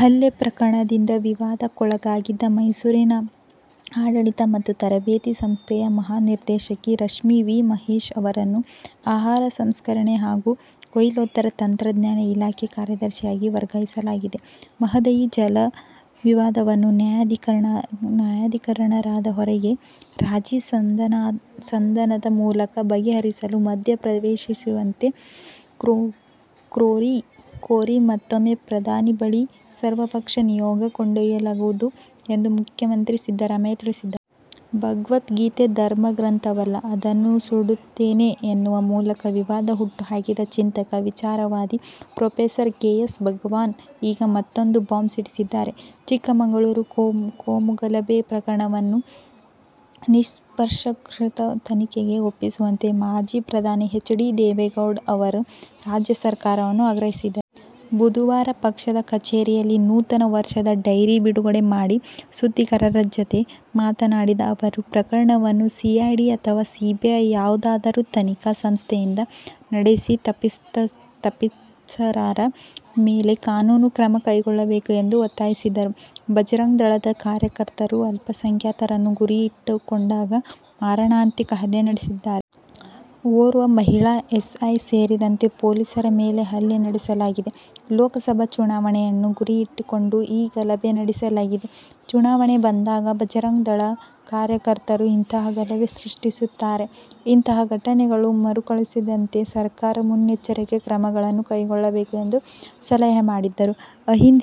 ಹಲ್ಲೆ ಪ್ರಕರಣದಿಂದ ವಿವಾದಕ್ಕೊಳಗಾಗಿದ್ದ ಮೈಸೂರಿನ ಆಡಳಿತ ಮತ್ತು ತರಬೇತಿ ಸಂಸ್ಥೆಯ ಮಹಾನಿರ್ದೇಶಕಿ ರಶ್ಮಿ ವಿ. ಮಹೇಶ್ ಅವರನ್ನು ಆಹಾರ ಸಂಸ್ಕರಣೆ ಹಾಗೂ ಕೊಯ್ಲೋತ್ತರ ತಂತ್ರಜ್ಞಾನ ಇಲಾಖೆ ಕಾರ್ಯದರ್ಶಿಯಾಗಿ ವರ್ಗಾಯಿಸಲಾಗಿದೆ. ಮಹದಾಯಿ ಜಲ ವಿವಾದವನ್ನು ನ್ಯಾಯಾಧಿಕರಣದ ಹೊರಗೆ ರಾಜಿ ಸಂಧಾನದ ಮೂಲಕ ಬಗೆಹರಿಸಲು ಮಧ್ಯಪ್ರವೇಶಿಸುವಂತೆ ಕೋರಿ ಮತ್ತೂಮ್ಮೆ ಪ್ರಧಾನಿ ಬಳಿ ಸರ್ವಪಕ್ಷ ನಿಯೋಗ ಕೊಂಡೊಯ್ಯಲಾಗುವುದು ಎಂದು ಮುಖ್ಯಮಂತ್ರಿ ಸಿದ್ದರಾಮಯ್ಯ ತಿಳಿಸಿದ್ದಾರೆ. ಭಗವದ್ಗೀತೆ ಧರ್ಮ ಗ್ರಂಥವಲ್ಲ. ಅದನ್ನು ಸುಡುತ್ತೇನೆ ಎನ್ನುವ ಮೂಲಕ ವಿವಾದ ಹುಟ್ಟುಹಾಕಿದ್ದ ಚಿಂತಕ, ವಿಚಾರವಾದಿ ಪ್ರೊಫೆಸರ್. ಕೆ. ಎಸ್. ಭಗವಾನ್ ಈಗ ಮತ್ತೊಂದು ಬಾಂಬ್ ಸಿಡಿಸಿದ್ದಾರೆ. ಚಿಕ್ಕಮಗಳೂರು ಕೋಮುಗಲಭೆ ಪ್ರಕರಣವನ್ನು ನಿಷ್ಪಕ್ಷಪಾತ ತನಿಖೆಗೆ ಒಪ್ಪಿಸುವಂತೆ ಮಾಜಿ ಪ್ರಧಾನಿ ಎಚ್. ಡಿ. ದೇವೇಗೌಡ ಅವರು ರಾಜ್ಯ ಸರ್ಕಾರವನ್ನು ಆಗ್ರಹಿಸಿದ್ದಾರೆ. ಬುಧವಾರ ಪಕ್ಷದ ಕಚೇರಿಯಲ್ಲಿ ನೂತನ ವರ್ಷದ ಡೈರಿ ಬಿಡುಗಡೆ ಮಾಡಿ ಸುದ್ದಿಗಾರರ ಜತೆ ಮಾತನಾಡಿದ ಅವರು, ಪ್ರಕರಣವನ್ನು ಸಿಐಡಿ ಅಥವಾ ಸಿಬಿಐ ಯಾವುದಾದರೂ ತನಿಖಾ ಸಂಸ್ಥೆಯಿಂದ ನಡೆಸಿ ತಪ್ಪಿತಸ್ಥರ ಮೇಲೆ ಕಾನೂನು ಕ್ರಮ ಕೈಗೊಳ್ಳಬೇಕು ಎಂದು ಒತ್ತಾಯಿಸಿದರು. ಭಜರಂಗ ದಳದ ಕಾರ್ಯಕರ್ತರು, ಅಲ್ಪಸಂಖ್ಯಾತರನ್ನು ಗುರಿಯಾಗಿಟ್ಟುಕೊಂಡು ಮಾರಣಾಂತಿಕ ಹಲ್ಲೆ ನಡೆಸಿದ್ದಾರೆ. ಓರ್ವ ಮಹಿಳಾ ಎಸ್ಐ ಸೇರಿದಂತೆ ಪೊಲೀಸರ ಮೇಲೆ ಹಲ್ಲೆ ನಡೆಸಲಾಗಿದೆ. ಲೋಕಸಬಾ ಚುನಾವಣೆಯನ್ನು ಗುರಿಯಾಗಿಟ್ಟುಕೊಂಡು ಈ ಗಲಭೆ ನಡೆಸಲಾಗಿದೆ. ಚುನಾವಣೆ ಬಂದಾಗ ಭಜರಂಗ ದಳದ ಕಾರ್ಯಕರ್ತರು ಇಂತಹ ಗಲಭೆ ಸೃಷ್ಟಿಸುತ್ತಾರೆ. ಇಂತಹ ಘಟನೆಗಳು ಮರುಕಳಿಸಿದಂತೆ ಸರ್ಕಾರ ಮುನ್ನಚ್ಚರಿಕ ಕ್ರಮಗಳನ್ನು ಕೈಗೊಳ್ಳಬೇಕು ಎಂದು ಸಲಹೆ ಮಾಡಿದರು. ಅಹಿಂದ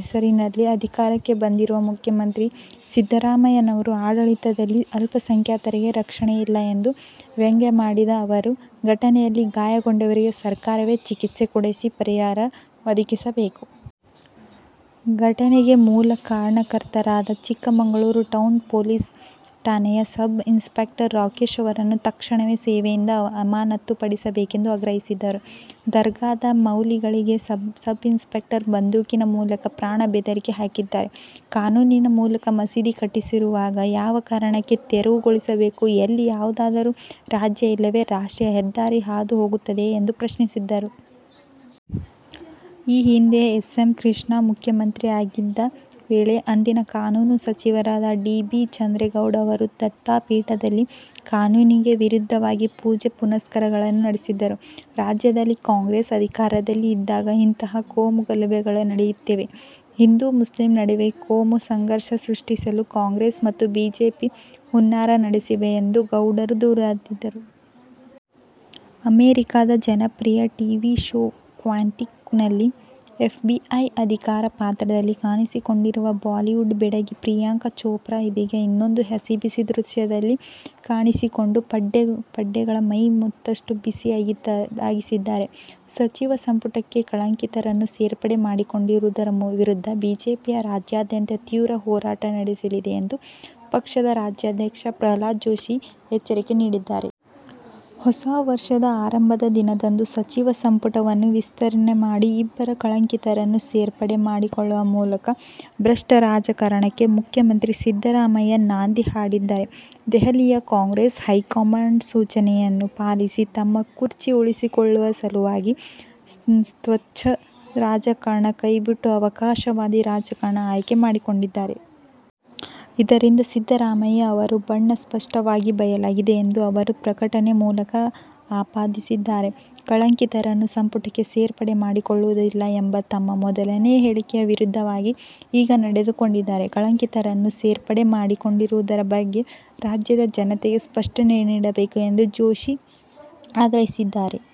ಹೆಸರಿನಲ್ಲಿ ಅಧಿಕಾರಕ್ಕೆ ಬಂದಿರುವ ಮುಖ್ಯಮಂತ್ರಿ ಸಿದ್ದರಾಮಯ್ಯನವರ ಆಡಳಿತದಲ್ಲೇ ಅಲ್ಪಸಂಖ್ಯಾತರಿಗೆ ರಕ್ಷಣೆ ಇಲ್ಲ ಎಂದು ವ್ಯಂಗ್ಯವಾಡಿದ ಅವರು, ಘಟನೆಯಲ್ಲಿ ಗಾಯಗೊಂಡವರಿಗೆ ಸರ್ಕಾರವೇ ಚಿಕಿತ್ಸೆ ಕೊಡಿಸಿ ಪರಿಹಾರ ಒದಗಿಸಬೇಕು. ಘಟನೆಗೆ ಮೂಲ ಕಾರಣಕರ್ತರಾದ ಚಿಕ್ಕಮಗಳೂರು ಟೌನ್ ಪೊಲೀಸ್ ಠಾಣೆಯ ಸಬ್ ಇನ್ಸ್ಪೆಕ್ಟರ್ ರಾಕೇಶ್ ಅವರನ್ನು ತಕ್ಷಣವೇ ಸೇವೆಯಿಂದ ಅಮಾನತುಪಡಿಸಬೇಕೆಂದು ಆಗ್ರಹಿಸಿದರು. ದರ್ಗಾದ ಮೌಲ್ವಿಗಳಿಗೆ ಸಬ್ ಇನ್ಸ್ಪೆಕ್ಟರ್ ಬಂದೂಕಿನ ಮೂಲಕ ಪ್ರಾಣ ಬೆದರಿಕೆ ಹಾಕಿದ್ದಾರೆ. ಕಾನೂನಿನ ಮೂಲಕ ಮಸೀದಿ ಕಟ್ಟಿಸಿರುವಾಗ ಯಾವ ಕಾರಣಕ್ಕೆ ತೆರವುಗೊಳಿಸಬೇಕು. ಇಲ್ಲಿ ಯಾವುದಾದರೂ ರಾಜ್ಯ ಇಲ್ಲವೇ ರಾಷ್ಟ್ರೀಯ ಹೆದ್ದಾರಿ ಹಾದು ಹೋಗುತ್ತದೆಯೇ ಎಂದು ಪ್ರಶ್ನಿಸಿದರು. ಈ ಹಿಂದೆ ಎಸ್. ಎಂ ಕೃಷ್ಣ ಮುಖ್ಯಮಂತ್ರಿಯಾಗಿದ್ದ ವೇಳೆ ಅಂದಿನ ಕಾನೂನು ಸಚಿವರಾದ ಡಿ. ಬಿ. ಚಂದ್ರೇಗೌಡ ಅವರು, ದತ್ತಾಪೀಠದಲ್ಲಿ ಕಾನೂನಿಗೆ ವಿರುದ್ದವಾಗಿ ಪೂಜೆ ಪುನಸ್ಕರಗಳನ್ನು ನಡೆಸಿದರು. ರಾಜ್ಯದಲ್ಲಿ ಕಾಂಗ್ರೆಸ್ ಅಧಿಕಾರದಲ್ಲಿ ಇದ್ದಾಗ ಇಂತಹ ಕೋಮುಗಲಬೆಗಳು ನಡೆಯುತ್ತಿವೆ. ಹಿಂದೂ ಮುಸ್ಲಿಂ ನಡುವೆ ಕೋಮುಸಂಘರ್ಷ ಸೃಷ್ಟಿಸಲು ಕಾಂಗ್ರೆಸ್ ಮತ್ತು ಬಿಜೆಪಿ ಹುನ್ನಾರ ನಡೆಸಿವೆ ಎಂದು ಗೌಡರು ದೂರಿದರು. ಅಮೆರಿಕಾದ ಜನಪ್ರಿಯ ಟಿವಿ ಶೋ ಕ್ವಾಂಟಿಕೊ ನಲ್ಲಿ ಎಫ್. ಬಿ. ಐ ಅಧಿಕಾರಿ ಪಾತ್ರದಲ್ಲಿ ಕಾಣಿಸಿಕೊಂಡಿರುವ ಬಾಲಿವುಡ್ ಬೆಡಗಿ ಪ್ರಿಯಾಂಕಾ ಚೋಪ್ರಾ ಇದೀಗ ಇನ್ನೊಂದು ಹಸಿಬಿಸಿ ದೃಶ್ಯದಲ್ಲಿ ಕಾಣಿಸಿಕೊಂಡು ಪಡ್ಡೆಗಳ ಮೈ ಮತ್ತಷ್ಟು ಬಿಸಿಯಾಗಿಸಿದ್ದಾರೆ. ಸಚಿವ ಸಂಪುಟಕ್ಕೆ ಕಳಂಕಿತರನ್ನು ಸೇರ್ಪಡೆ ಮಾಡಿಕೊಂಡಿರುವುದರ ವಿರುದ್ಧ ಬಿಜೆಪಿಯು ರಾಜ್ಯಾದ್ಯಂತ ತೀವ್ರ ಹೋರಾಟ ನಡೆಸಲಿದೆ ಎಂದು ಪಕ್ಷದ ರಾಜ್ಯಾಧ್ಯಕ್ಷ ಪ್ರಹ್ಲಾದ್ ಜೋಶಿ ಎಚ್ಚರಿಕೆ ನೀಡಿದ್ದಾರೆ. ಹೊಸ ವರ್ಷದ ಆರಂಭದ ದಿನದಂದು ಸಚಿವ ಸಂಪುಟವನ್ನು ವಿಸ್ತರಣೆ ಮಾಡಿ ಇಬ್ಬರು ಕಳಂಕಿತರನ್ನು ಸೇರ್ಪಡೆ ಮಾಡಿಕೊಳ್ಳುವ ಮೂಲಕ ಭ್ರಷ್ಟ ರಾಜಕಾರಣಕ್ಕೆ ಮುಖ್ಯಮಂತ್ರಿ ಸಿದ್ದರಾಮಯ್ಯ ನಾಂದಿ ಹಾಡಿದ್ದಾರೆ. ದೆಹಲಿಯ ಕಾಂಗ್ರೆಸ್ ಹೈಕಮಾಂಡ್ ಸೂಚನೆಯನ್ನು ಪಾಲಿಸಿ ತಮ್ಮ ಕುರ್ಚಿ ಉಳಿಸಿಕೊಳ್ಳುವ ಸಲುವಾಗಿ ಸ್ವತ್ಛ ರಾಜಕಾರಣ ಕೈಬಿಟ್ಟು ಅವಕಾಶವಾದಿ ರಾಜಕಾರಣ ಆಯ್ಕೆ ಮಾಡಿಕೊಂಡಿದ್ದಾರೆ. ಇದರಿಂದ ಸಿದ್ದರಾಮಯ್ಯ ಅವರ ಬಣ್ಣ ಸ್ಪಷ್ಟವಾಗಿ ಬಯಲಾಗಿದೆ ಎಂದು ಅವರು ಪ್ರಕಟಣೆ ಮೂಲಕ ಆಪಾದಿಸಿದ್ದಾರೆ. ಕಳಂಕಿತರನ್ನು ಸಂಪುಟಕ್ಕೆ ಸೇರ್ಪಡೆ ಮಾಡಿಕೊಳ್ಳುವುದಿಲ್ಲ ಎಂಬ ತಮ್ಮ ಮೊದಲಿನ ಹೇಳಿಕೆಯ ವಿರುದ್ಧವಾಗಿ ಈಗ ನಡೆದುಕೊಂಡಿದ್ದಾರೆ. ಕಳಂಕಿತರನ್ನು ಸೇರ್ಪಡೆ ಮಾಡಿಕೊಂಡಿರುವುದರ ಬಗ್ಗೆ ರಾಜ್ಯದ ಜನತೆಗೆ ಸ್ಪಷ್ಟನೆ ನೀಡಬೇಕು ಎಂದೂ ಜೋಶಿ ಆಗ್ರಹಿಸಿದ್ದಾರೆ.